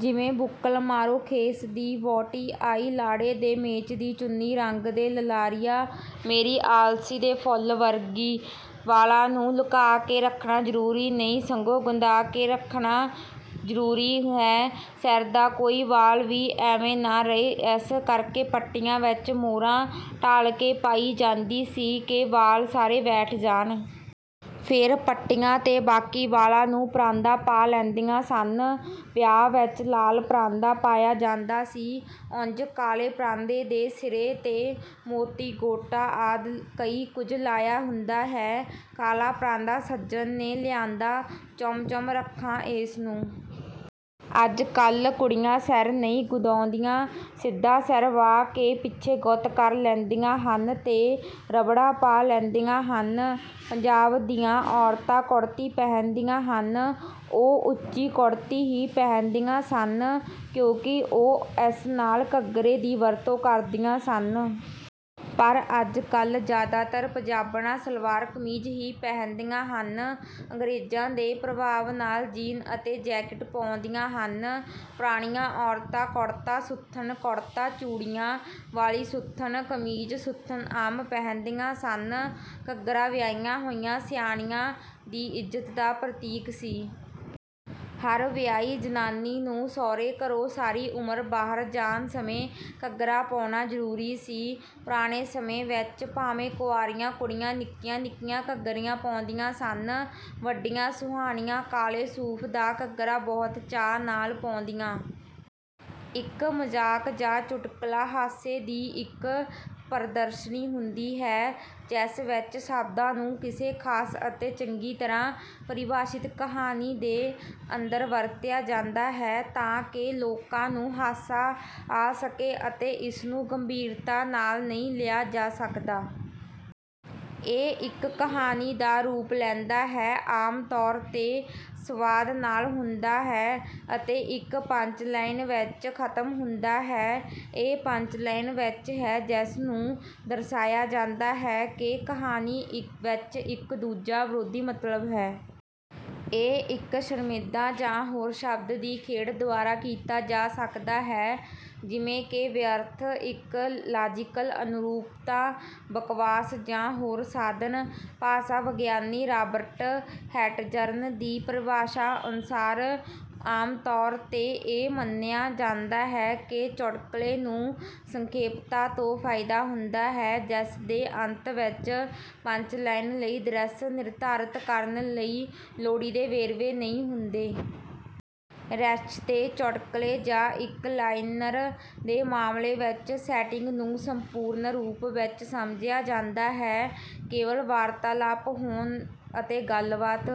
ਜਿਵੇਂ: “ਬੁੱਕਲ ਮਾਰੋ ਖੇਸ ਦੀ, ਵਾਹੁੱਟੀ ਆਈ ਲਾੜੇ ਦੇ ਮੇਚ ਦੀ, ਚੁੰਨੀ ਰੰਗਦੇ ਲਲਾਰੀਆ, ਮੇਰੀ ਆਲਸੀ ਦੇ ਫੁੱਲ ਵਰਗੀ।” ਵਾਲਾਂ ਨੂੰ ਲੁਕਾ ਕੇ ਰੱਖਣਾ ਜ਼ਰੂਰੀ ਨਹੀਂ, ਸਗੋਂ ਗੁੰਦਾ ਕੇ ਰੱਖਣਾ ਜ਼ਰੂਰੀ ਹੈ। ਸਿਰ ਦਾ ਕੋਈ ਵਾਲ ਵੀ ਐਂਵੇਂ ਨਾ ਰਹੇ, ਇਸ ਕਰਕੇ ਪੱਟੀਆਂ ਵਿੱਚ ਮੋਰਾ ਢਾਲ ਕੇ ਪਾਈ ਜਾਂਦੀ ਸੀ ਕਿ ਵਾਲ ਸਾਰੇ ਬੈਠ ਜਾਣ। ਫੇਰ ਪੱਟੀਆਂ ’ਤੇ ਬਾਕੀ ਵਾਲਾਂ ਨੂੰ ਪਰਾਂਦਾ ਪਾ ਲੈਂਦੀਆਂ ਸਨ। ਵਿਆਹ ਵਿੱਚ ਲਾਲ ਪਰਾਂਦਾ ਪਾਇਆ ਜਾਂਦਾ ਸੀ। ਉਂਝ ਕਾਲੇ ਪਰਾਂਦੇ ਦੇ ਸਿਰੇ ’ਤੇ ਮੋਤੀ, ਗੋਟਾ ਆਦਿ ਕਈ ਕੁਝ ਲਾਇਆ ਹੁੰਦਾ ਹੈ। “ਕਾਲਾ ਪਰਾਂਦਾ ਸੱਜਣ ਨੇ ਲਿਆਂਦਾ, ਚੁੰਮ-ਚੁੰਮ ਰੱਖਾਂ ਏਸ ਨੂੰ।” ਅੱਜ-ਕੱਲ੍ਹ ਕੁੜੀਆਂ ਸਿਰ ਨਹੀਂ ਗੁੰਦਾਉਂਦੀਆਂ। ਸਿੱਧਾ ਸਿਰ ਵਾਹ ਕੇ ਪਿੱਛੇ ਗੁੱਤ ਕਰ ਲੈਂਦੀਆਂ ਹਨ ਤੇ ਰਬੜਾਂ ਪਾ ਲੈਂਦੀਆਂ ਹਨ। ਪੰਜਾਬ ਦੀਆਂ ਔਰਤਾਂ ਕੁੜਤੀ ਪਹਿਨਦੀਆਂ ਹਨ। ਉਹ ਉੱਚੀ ਕੁੜਤੀ ਹੀ ਪਹਿਨਦੀਆਂ ਸਨ, ਕਿਉਂਕਿ ਉਹ ਇਸ ਨਾਲ ਘੱਗਰੇ ਦੀ ਵਰਤੋਂ ਕਰਦੀਆਂ ਸਨ। ਪਰ ਅੱਜ-ਕੱਲ੍ਹ ਜ਼ਿਆਦਾਤਰ ਪੰਜਾਬਣਾਂ ਸਲਵਾਰ-ਕਮੀਜ਼ ਹੀ ਪਹਿਨਦੀਆਂ ਹਨ। ਅੰਗਰੇਜ਼ਾਂ ਦੇ ਪ੍ਰਭਾਵ ਨਾਲ ਜੀਨ ਅਤੇ ਜੈਕਿਟ ਪਾਉਂਦੀਆਂ ਹਨ। ਪੁਰਾਣੀਆਂ ਔਰਤਾਂ ਕੁੜਤਾ-ਸੁੱਥਣ, ਕੁੜਤਾ, ਚੂੜੀਆਂ ਵਾਲੀ ਸੁੱਥਣ, ਕਮੀਜ਼-ਸੁੱਥਣ ਆਮ ਪਹਿਨਦੀਆਂ ਸਨ। ਘੱਗਰਾ ਵਿਆਹੀਆਂ ਹੋਈਆਂ ਸੁਆਣੀਆਂ ਦੀ ਇੱਜ਼ਤ ਦਾ ਪ੍ਰਤੀਕ ਸੀ। ਹਰ ਵਿਆਹੀ ਜਨਾਨੀ ਨੂੰ ਸਹੁਰੇ ਘਰੋਂ ਸਾਰੀ ਉਮਰ ਬਾਹਰ ਜਾਣ ਸਮੇਂ ਘੱਗਰਾ ਪਾਉਣਾ ਜ਼ਰੂਰੀ ਸੀ। ਪੁਰਾਣੇ ਸਮੇਂ ਵਿੱਚ ਭਾਵੇਂ ਕੁਆਰੀਆਂ ਕੁੜੀਆਂ ਨਿੱਕੀਆਂ-ਨਿੱਕੀਆਂ ਘੱਗਰੀਆਂ ਪਾਉਂਦੀਆਂ ਸਨ। ਵੱਡੀਆਂ ਸੁਆਣੀਆਂ ਕਾਲੇ ਸੂਫ਼ ਦਾ ਘੱਗਰਾ ਬਹੁਤ ਚਾਅ ਨਾਲ ਪਾਉਂਦੀਆਂ। ਇੱਕ ਮਜ਼ਾਕ ਜਾਂ ਚੁਟਕੁਲਾ ਹਾਸੇ ਦੀ ਇੱਕ ਪ੍ਰਦਰਸ਼ਨੀ ਹੁੰਦੀ ਹੈ, ਜਿਸ ਵਿੱਚ ਸ਼ਬਦਾਂ ਨੂੰ ਕਿਸੇ ਖ਼ਾਸ ਅਤੇ ਚੰਗੀ ਤਰ੍ਹਾਂ ਪਰਿਭਾਸ਼ਿਤ ਕਹਾਣੀ ਦੇ ਅੰਦਰ ਵਰਤਿਆ ਜਾਂਦਾ ਹੈ, ਤਾਂ ਕਿ ਲੋਕਾਂ ਨੂੰ ਹਾਸਾ ਆ ਸਕੇ ਅਤੇ ਇਸਨੂੰ ਗੰਭੀਰਤਾ ਨਾਲ ਨਹੀਂ ਲਿਆ ਜਾ ਸਕਦਾ। ਇਹ ਇੱਕ ਕਹਾਣੀ ਦਾ ਰੂਪ ਲੈਂਦਾ ਹੈ, ਆਮ ਤੌਰ ’ਤੇ ਸੰਵਾਦ ਨਾਲ ਹੁੰਦਾ ਹੈ ਅਤੇ ਇੱਕ ਪੰਚ-ਲਾਈਨ ਵਿੱਚ ਖ਼ਤਮ ਹੁੰਦਾ ਹੈ। ਇਹ ਪੰਚ-ਲਾਈਨ ਵਿੱਚ ਹੈ ਜਿਸ ਨੂੰ ਦਰਸਾਇਆ ਜਾਂਦਾ ਹੈ ਕਿ ਕਹਾਣੀ ਵਿੱਚ ਇੱਕ ਦੂਜਾ, ਵਿਰੋਧੀ ਮਤਲਬ ਹੈ। ਇਹ ਇੱਕ ਸ਼ਰਮਿੰਦਾ ਜਾਂ ਹੋਰ ਸ਼ਬਦ ਦੀ ਖੇਡ ਦੁਆਰਾ ਕੀਤਾ ਜਾ ਸਕਦਾ ਹੈ, ਜਿਵੇਂ ਕਿ ਵਿਅਰਥ, ਇੱਕ ਲਾਜ਼ੀਕਲ ਅਨੁਰੂਪਤਾ, ਬਕਵਾਸ ਜਾਂ ਹੋਰ ਸਾਧਨ। ਭਾਸ਼ਾ-ਵਿਗਿਆਨੀ ਰਾਬਰਟ ਹੈਟਜ਼ਰਨ ਦੀ ਪਰਿਭਾਸ਼ਾ ਅਨੁਸਾਰ, ਆਮ ਤੌਰ ’ਤੇ ਇਹ ਮੰਨਿਆ ਜਾਂਦਾ ਹੈ ਕਿ ਚੁਟਕਲੇ ਨੂੰ ਸੰਖੇਪਤਾ ਤੋਂ ਫ਼ਾਇਦਾ ਹੁੰਦਾ ਹੈ, ਜਿਸ ਦੇ ਅੰਤ ਵਿੱਚ ਪੰਚ-ਲਾਈਨ ਲਈ ਦ੍ਰਿਸ਼ ਨਿਰਧਾਰਤ ਕਰਨ ਲਈ ਲੋੜੀਂਦੇ ਵੇਰਵੇ ਨਹੀਂ ਹੁੰਦੇ। ਰਿੱਛ ਦੇ ਚੁਟਕਲੇ ਜਾਂ ਇੱਕ-ਲਾਈਨਰ ਦੇ ਮਾਮਲੇ ਵਿੱਚ, ਸੈਟਿੰਗ ਨੂੰ ਸੰਪੂਰਨ ਰੂਪ ਵਿੱਚ ਸਮਝਿਆ ਜਾਂਦਾ ਹੈ, ਕੇਵਲ ਵਾਰਤਾਲਾਪ ਹੋਣ ਅਤੇ ਗੱਲਬਾਤ...